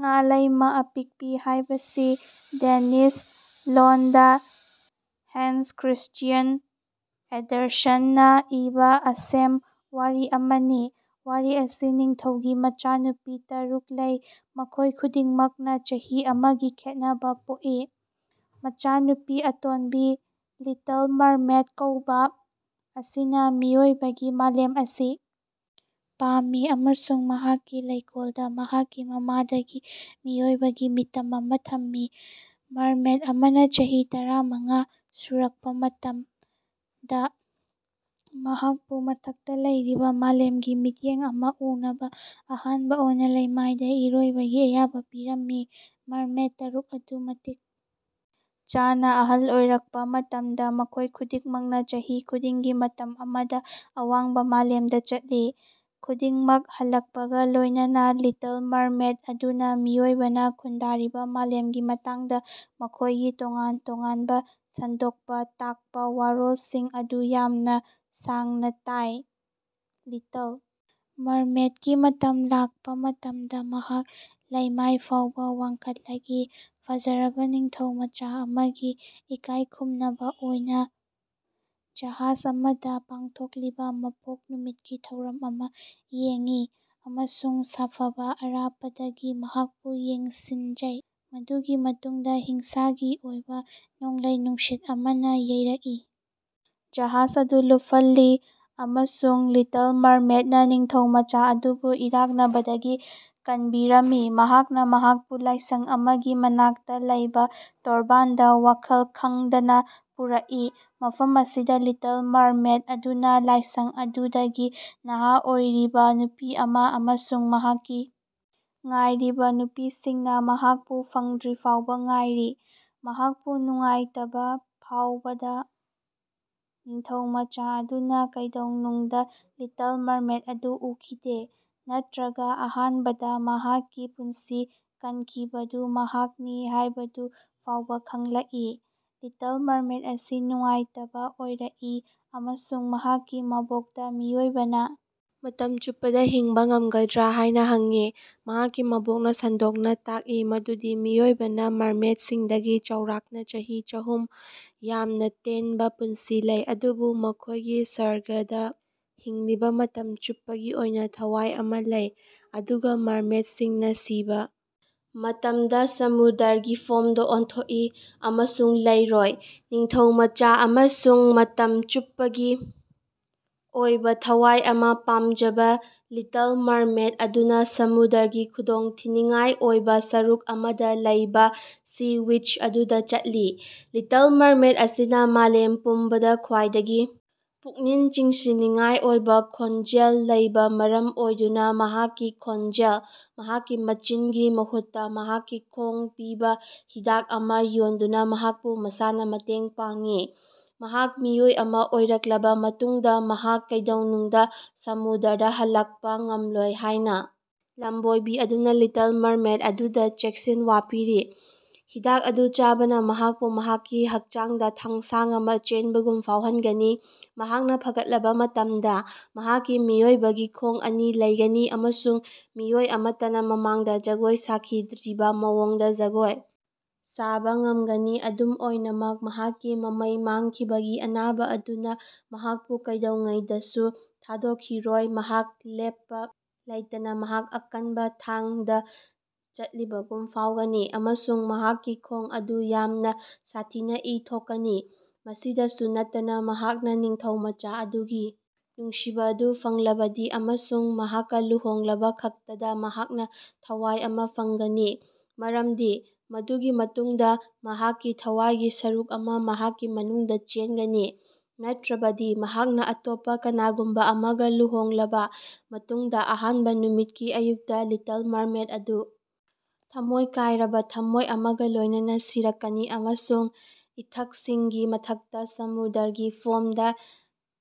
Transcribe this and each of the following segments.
ꯉꯥꯂꯩꯃ ꯑꯄꯤꯛꯄꯤ ꯍꯥꯏꯕꯁꯤ ꯗꯦꯅꯤꯁ ꯂꯣꯟꯗ Hans Christian ꯑꯦꯟꯗꯔꯁꯟꯅ ꯏꯕ ꯑꯁꯦꯝ ꯋꯥꯔꯤ ꯑꯃꯅꯤ꯫ ꯋꯥꯔꯤ ꯁꯤ ꯅꯤꯡꯊꯧꯒꯤ ꯃꯆꯥꯅꯨꯄꯤ ꯇꯥꯔꯨꯛ ꯂꯩ, ꯃꯈꯣꯏ ꯈꯨꯗꯤꯡꯃꯛꯅ ꯆꯍꯤ ꯑꯃꯒꯤ ꯈꯦꯠꯅꯕ ꯄꯣꯛꯏ꯫ ꯃꯆꯥꯅꯨꯄꯤ ꯑꯇꯣꯟꯕꯤ (ꯂꯤꯇꯜ ꯃꯔꯃꯦꯗ ꯀꯧꯕ) ꯑꯁꯤꯅ ꯃꯤꯑꯣꯏꯕꯒꯤ ꯃꯥꯂꯦꯝ ꯑꯁꯤ ꯄꯥꯝꯃꯤ ꯑꯃꯁꯨꯡ ꯃꯍꯥꯛꯀꯤ ꯂꯩꯀꯣꯜꯗ ꯃꯍꯥꯛꯀꯤ ꯃꯃꯥꯗꯒꯤ ꯃꯤꯑꯣꯏꯕꯒꯤ ꯃꯤꯇꯝ ꯑꯃ ꯊꯝꯃꯤ꯫ ꯃꯔꯃꯦꯗ ꯑꯃꯅ ꯆꯍꯤ ꯇꯔꯥꯃꯉꯥ ꯁꯨꯔꯛꯄ ꯃꯇꯝꯗ, ꯃꯍꯥꯛꯄꯨ ꯃꯊꯛꯇ ꯂꯩꯔꯤꯕ ꯃꯥꯂꯦꯝꯒꯤ ꯃꯤꯠꯌꯦꯡ ꯑꯃ ꯎꯅꯕ ꯑꯍꯥꯟꯕ ꯑꯣꯏꯅ ꯂꯩꯃꯥꯏꯗ ꯏꯔꯣꯏꯕꯒꯤ ꯑꯌꯥꯕ ꯄꯤꯔꯝꯃꯤ꯫ ꯃꯔꯃꯦꯗ ꯇꯥꯔꯨꯛ ꯑꯗꯨ ꯃꯇꯤꯛ ꯆꯥꯅ ꯑꯍꯜ ꯑꯣꯏꯔꯛꯄ ꯃꯇꯝꯗ, ꯃꯈꯣꯏ ꯈꯨꯗꯤꯡꯃꯛꯅ ꯆꯍꯤ ꯈꯨꯗꯤꯡꯒꯤ ꯃꯇꯝ ꯑꯃꯗ ꯑꯋꯥꯡꯕ ꯃꯥꯂꯦꯝꯗ ꯆꯠꯂꯤ꯫ ꯈꯨꯗꯤꯡꯃꯛ ꯍꯜꯂꯛꯄꯒ ꯂꯣꯏꯅꯅ, ꯂꯤꯇꯜ ꯃꯔꯃꯦꯗ ꯑꯗꯨꯅ ꯃꯤꯑꯣꯏꯕꯅ ꯈꯨꯟꯗꯥꯔꯤꯕ ꯃꯥꯂꯦꯝꯒꯤ ꯃꯇꯥꯡꯗ ꯃꯈꯣꯏꯒꯤ ꯇꯣꯉꯥꯟ-ꯇꯣꯉꯥꯟꯕ ꯁꯟꯗꯣꯛꯅ ꯇꯥꯛꯄ ꯋꯥꯔꯣꯜꯁꯤꯡ ꯑꯗꯨ ꯌꯥꯝꯅ ꯁꯥꯡꯅ ꯇꯥꯏ꯫ ꯂꯤꯇꯜ ꯃꯔꯃꯦꯗꯀꯤ ꯃꯇꯝ ꯂꯥꯛꯄ ꯃꯇꯝꯗ, ꯃꯍꯥꯛ ꯂꯩꯃꯥꯏ ꯐꯥꯎꯕ ꯋꯥꯡꯈꯠꯂꯛꯏ, ꯐꯖꯔꯕ ꯅꯤꯡꯊꯧꯃꯆꯥ ꯑꯃꯒꯤ ꯏꯀꯥꯏꯈꯨꯝꯅꯕ ꯑꯣꯏꯅ ꯖꯍꯥꯖ ꯑꯃꯗ ꯄꯥꯡꯊꯣꯛꯂꯤꯕ ꯃꯄꯣꯛ ꯅꯨꯃꯤꯠꯀꯤ ꯊꯧꯔꯝ ꯑꯃ ꯌꯦꯡꯉꯤ, ꯑꯃꯁꯨꯡ ꯁꯥꯐꯕ ꯑꯔꯥꯞꯄꯗꯒꯤ ꯃꯍꯥꯛꯄꯨ ꯌꯦꯡꯁꯤꯡꯖꯩ꯫ ꯃꯗꯨꯒꯤ ꯃꯇꯨꯡꯗ ꯍꯤꯡꯁꯥꯒꯤ ꯑꯣꯏꯕ ꯅꯣꯡꯂꯩ-ꯅꯨꯡꯁꯤꯠ ꯑꯃꯅ ꯌꯩꯔꯛꯏ, ꯖꯍꯥꯖ ꯑꯗꯨ ꯂꯨꯞꯍꯜꯂꯤ, ꯑꯃꯁꯨꯡ ꯂꯤꯇꯜ ꯃꯔꯃꯦꯗꯅ ꯅꯤꯡꯊꯧꯃꯆꯥ ꯑꯗꯨꯕꯨ ꯏꯔꯥꯛꯅꯕꯗꯒꯤ ꯀꯟꯕꯤꯔꯝꯃꯤ꯫ ꯃꯍꯥꯛꯅ ꯃꯍꯥꯛꯄꯨ ꯂꯥꯏꯁꯪ ꯑꯃꯒꯤ ꯃꯅꯥꯛꯇ ꯂꯩꯕ ꯇꯣꯔꯕꯥꯟꯗ ꯋꯥꯈꯜ ꯈꯪꯗꯅ ꯄꯨꯔꯛꯏ꯫ ꯃꯐꯝ ꯑꯁꯤꯗ, ꯂꯤꯇꯜ ꯃꯔꯃꯦꯗ ꯑꯗꯨꯅ ꯂꯥꯏꯁꯪ ꯑꯗꯨꯗꯒꯤ ꯅꯍꯥ ꯑꯣꯏꯔꯤꯕ ꯅꯨꯄꯤ ꯑꯃ ꯑꯃꯁꯨꯡ ꯃꯍꯥꯛꯀꯤ ꯉꯥꯏꯔꯤꯕ ꯅꯨꯄꯤꯁꯤꯡꯅ ꯃꯍꯥꯛꯄꯨ ꯐꯪꯗ꯭ꯔꯤꯐꯥꯎꯕ ꯉꯥꯏꯔꯤ꯫ ꯃꯍꯥꯛꯄꯨ ꯅꯨꯡꯉꯥꯏꯇꯕ ꯐꯥꯎꯕꯗ, ꯅꯤꯡꯊꯧꯃꯆꯥ ꯑꯗꯨꯅ ꯀꯩꯗꯧꯅꯨꯡꯗ ꯂꯤꯇꯜ ꯃꯔꯃꯦꯗ ꯑꯗꯨ ꯎꯈꯤꯗꯦ ꯅꯠꯇ꯭ꯔꯒ ꯑꯍꯥꯟꯕꯗ ꯃꯍꯥꯛꯀꯤ ꯄꯨꯟꯁꯤ ꯀꯟꯈꯤꯕꯗꯨ ꯃꯍꯥꯛꯅꯤ ꯍꯥꯏꯕꯗꯨ ꯐꯥꯎꯕ ꯈꯪꯂꯛꯏ꯫ ꯂꯤꯇꯜ ꯃꯔꯃꯦꯗ ꯑꯁꯤ ꯅꯨꯡꯉꯥꯏꯇꯕ ꯑꯣꯏꯔꯛꯏ ꯑꯃꯁꯨꯡ ꯃꯍꯥꯛꯀꯤ ꯃꯕꯣꯛꯇ ꯃꯤꯑꯣꯏꯕꯅ ꯃꯇꯝ ꯆꯨꯞꯄꯗ ꯍꯤꯡꯕ ꯉꯝꯒꯗ꯭ꯔ ꯍꯥꯏꯅ ꯍꯪꯏ꯫ ꯃꯍꯥꯛꯀꯤ ꯃꯕꯣꯛꯅ ꯁꯟꯗꯣꯛꯅ ꯇꯥꯛꯂꯤ ꯃꯗꯨꯗꯤ ꯃꯤꯑꯣꯏꯕꯅ ꯃꯔꯃꯦꯗꯁꯤꯡꯗꯒꯤ (ꯆꯥꯎꯔꯥꯛꯅ ꯆꯍꯤ ꯆꯥꯍꯨꯝ) ꯌꯥꯝꯅ ꯇꯦꯟꯕ ꯄꯨꯟꯁꯤ ꯂꯩ, ꯑꯗꯨꯕꯨ ꯃꯈꯣꯏꯒꯤ ꯁꯔꯒꯇ ꯍꯤꯡꯂꯤꯕ ꯃꯇꯝ ꯆꯨꯞꯄꯒꯤ ꯑꯣꯏꯕ ꯊꯋꯥꯏ ꯑꯃ ꯂꯩ, ꯑꯗꯨꯒ ꯃꯔꯃꯦꯗꯁꯤꯡꯅ ꯁꯤꯕ ꯃꯇꯝꯗ ꯁꯃꯨꯗ꯭ꯔꯒꯤ ꯐꯣꯝꯗ ꯑꯣꯟꯊꯣꯛꯏ ꯑꯃꯁꯨꯡ ꯂꯩꯔꯣꯏ꯫ ꯅꯤꯡꯊꯧꯃꯆꯥ ꯑꯃꯁꯨꯡ ꯃꯇꯝ ꯆꯨꯞꯄꯒꯤ ꯑꯣꯏꯕ ꯊꯋꯥꯏ ꯑꯃ ꯄꯥꯝꯖꯕ ꯂꯤꯇꯜ ꯃꯔꯃꯦꯗ ꯑꯗꯨꯅ ꯁꯃꯨꯗ꯭ꯔꯒꯤ ꯈꯨꯗꯣꯡꯊꯤꯅꯤꯡꯉꯥꯏ ꯑꯣꯏꯕ ꯁꯔꯨꯛ ꯑꯃꯗ ꯂꯩꯕ ꯁꯤ ꯋꯤꯆ ꯑꯗꯨꯗ ꯆꯠꯂꯤ꯫ ꯂꯤꯇꯜ ꯃꯔꯃꯦꯗ ꯑꯁꯤꯅ ꯃꯥꯂꯦꯝ ꯄꯨꯝꯕꯗ ꯈ꯭ꯋꯥꯏꯗꯒꯤ ꯄꯨꯛꯅꯤꯡ ꯆꯤꯡꯁꯤꯟꯅꯤꯡꯉꯥꯏ ꯑꯣꯏꯕ ꯈꯣꯟꯖꯦꯜ ꯂꯩꯕꯅ ꯃꯔꯝ ꯑꯣꯏꯗꯨꯅ ꯃꯍꯥꯛꯀꯤ ꯈꯣꯟꯖꯦꯜ (ꯃꯍꯥꯛꯀꯤ ꯃꯆꯤꯟ)ꯒꯤ ꯃꯍꯨꯠꯇ ꯃꯍꯥꯛꯀꯤ ꯈꯣꯡ ꯄꯤꯕ ꯍꯤꯗꯥꯛ ꯑꯃ ꯌꯣꯟꯗꯨꯅ ꯃꯍꯥꯛꯄꯨ ꯃꯁꯥꯅ ꯃꯇꯦꯡ ꯄꯥꯡꯉꯤ꯫ ꯃꯍꯥꯛ ꯃꯤꯑꯣꯏ ꯑꯃ ꯑꯣꯏꯔꯛꯂꯕ ꯃꯇꯨꯡꯗ ꯃꯍꯥꯛ ꯀꯩꯗꯧꯅꯨꯡꯗ ꯁꯃꯨꯗ꯭ꯔꯗ ꯍꯜꯂꯛꯄ ꯉꯝꯂꯣꯏ ꯍꯥꯏꯅ ꯂꯝꯕꯣꯏꯕꯤ ꯑꯗꯨꯅ ꯂꯤꯇꯜ ꯃꯔꯃꯦꯗ ꯑꯗꯨꯗ ꯆꯦꯛꯁꯤꯟꯋꯥ ꯄꯤꯔꯤ꯫ ꯍꯤꯗꯥꯛ ꯑꯗꯨ ꯆꯥꯕꯅ ꯃꯍꯥꯛꯄꯨ ꯃꯍꯥꯛꯀꯤ ꯍꯛꯆꯥꯡꯗ ꯊꯥꯡꯁꯥꯡ ꯑꯃ ꯆꯦꯟꯕꯒꯨꯝ ꯐꯥꯎꯍꯟꯒꯅꯤ꯫ ꯃꯍꯥꯛꯅ ꯐꯒꯠꯂꯕ ꯃꯇꯝꯗ, ꯃꯍꯥꯛꯀꯤ ꯃꯤꯑꯣꯏꯕꯒꯤ ꯈꯣꯡ ꯑꯅꯤ ꯂꯩꯒꯅꯤ ꯑꯃꯁꯨꯡ ꯃꯤꯑꯣꯏ ꯑꯃꯠꯇꯅ ꯃꯃꯥꯡꯗ ꯖꯒꯣꯏ ꯁꯥꯈꯤꯗ꯭ꯔꯤꯕ ꯃꯑꯣꯡꯗ ꯖꯒꯣꯏ ꯁꯥꯕ ꯉꯝꯒꯅꯤ ꯑꯗꯨꯝ ꯑꯣꯏꯅꯃꯛ, ꯃꯍꯥꯛꯀꯤ ꯃꯃꯩ ꯃꯥꯡꯈꯤꯕꯒꯤ ꯑꯅꯥꯕ ꯑꯗꯨꯅ ꯃꯍꯥꯛꯄꯨ ꯀꯩꯗꯧꯉꯩꯗꯁꯨ ꯊꯥꯗꯣꯛꯈꯤꯔꯣꯏ ꯃꯍꯥꯛ ꯂꯦꯞꯄ ꯂꯩꯇꯅ ꯃꯍꯥꯛ ꯑꯀꯟꯕ ꯊꯥꯡꯗ ꯆꯠꯂꯤꯕꯒꯨꯝ ꯐꯥꯎꯒꯅꯤ, ꯑꯃꯁꯨꯡ ꯃꯍꯥꯛꯀꯤ ꯈꯣꯡ ꯑꯗꯨ ꯌꯥꯝꯅ ꯁꯥꯊꯤꯅ ꯏ ꯊꯣꯛꯀꯅꯤ꯫ ꯃꯁꯤꯗꯁꯨ ꯅꯠꯇꯅ, ꯃꯍꯥꯛꯅ ꯅꯤꯡꯊꯧꯃꯆꯥ ꯑꯗꯨꯒꯤ ꯅꯨꯡꯁꯤꯕ ꯑꯗꯨ ꯐꯪꯂꯕꯗꯤ ꯑꯃꯁꯨꯡ ꯃꯍꯥꯛꯀ ꯂꯨꯍꯣꯡꯂꯕꯈꯛꯇꯗ ꯃꯍꯥꯛꯅ ꯊꯋꯥꯏ ꯑꯃ ꯐꯪꯒꯅꯤ, ꯃꯔꯝꯗꯤ ꯃꯗꯨꯒꯤ ꯃꯇꯨꯡꯗ ꯃꯍꯥꯛꯀꯤ ꯊꯋꯥꯏꯒꯤ ꯁꯔꯨꯛ ꯑꯃ ꯃꯍꯥꯛꯀꯤ ꯃꯅꯨꯡꯗ ꯆꯦꯟꯒꯅꯤ꯫ ꯅꯠꯇ꯭ꯔꯕꯗꯤ, ꯃꯍꯥꯛꯅ ꯑꯇꯣꯞꯄ ꯀꯅꯥꯒꯨꯝꯕ ꯑꯃꯒ ꯂꯨꯍꯣꯡꯂꯕ ꯃꯇꯨꯡꯗ ꯑꯍꯥꯟꯕ ꯅꯨꯃꯤꯠꯀꯤ ꯑꯌꯨꯛꯇ, ꯂꯤꯇꯜ ꯃꯔꯃꯦꯗ ꯑꯗꯨ ꯊꯃꯣꯏ ꯀꯥꯏꯔꯕ ꯊꯃꯣꯏ ꯑꯃꯒ ꯂꯣꯏꯅꯅ ꯁꯤꯔꯛꯀꯅꯤ ꯑꯃꯁꯨꯡ ꯏꯊꯛꯁꯤꯡꯒꯤ ꯃꯊꯛꯇ ꯁꯃꯨꯗ꯭ꯔꯒꯤ ꯐꯣꯝꯗ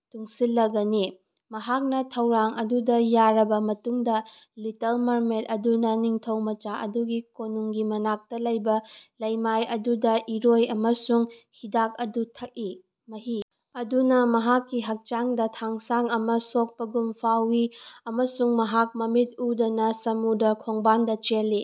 ꯇꯨꯡꯁꯤꯜꯂꯒꯅꯤ꯫ ꯃꯍꯥꯛꯅ ꯊꯧꯔꯥꯡ ꯑꯗꯨꯗ ꯌꯥꯔꯕ ꯃꯇꯨꯡꯗ, ꯂꯤꯇꯜ ꯃꯔꯃꯦꯗ ꯑꯗꯨꯅ ꯅꯤꯡꯊꯧꯃꯆꯥ ꯑꯗꯨꯒꯤ ꯀꯣꯅꯨꯡꯒꯤ ꯃꯅꯥꯛꯇ ꯂꯩꯕ ꯂꯩꯃꯥꯏ ꯑꯗꯨꯗ ꯏꯔꯣꯏ ꯑꯃꯁꯨꯡ ꯍꯤꯗꯥꯛ ꯑꯗꯨ ꯊꯛꯏ꯫ ꯃꯍꯤ ꯑꯗꯨꯅ ꯃꯍꯥꯛꯀꯤ ꯍꯛꯆꯥꯡꯗ ꯊꯥꯡꯁꯥꯡ ꯑꯃꯅ ꯁꯣꯛꯄꯒꯨꯝ ꯐꯥꯎꯋꯤ ꯑꯃꯁꯨꯡ ꯃꯍꯥꯛ ꯃꯃꯤꯠ ꯎꯗꯅ ꯁꯃꯨꯗ꯭ꯔ ꯈꯣꯡꯕꯥꯜꯗ ꯆꯦꯜꯂꯤ꯫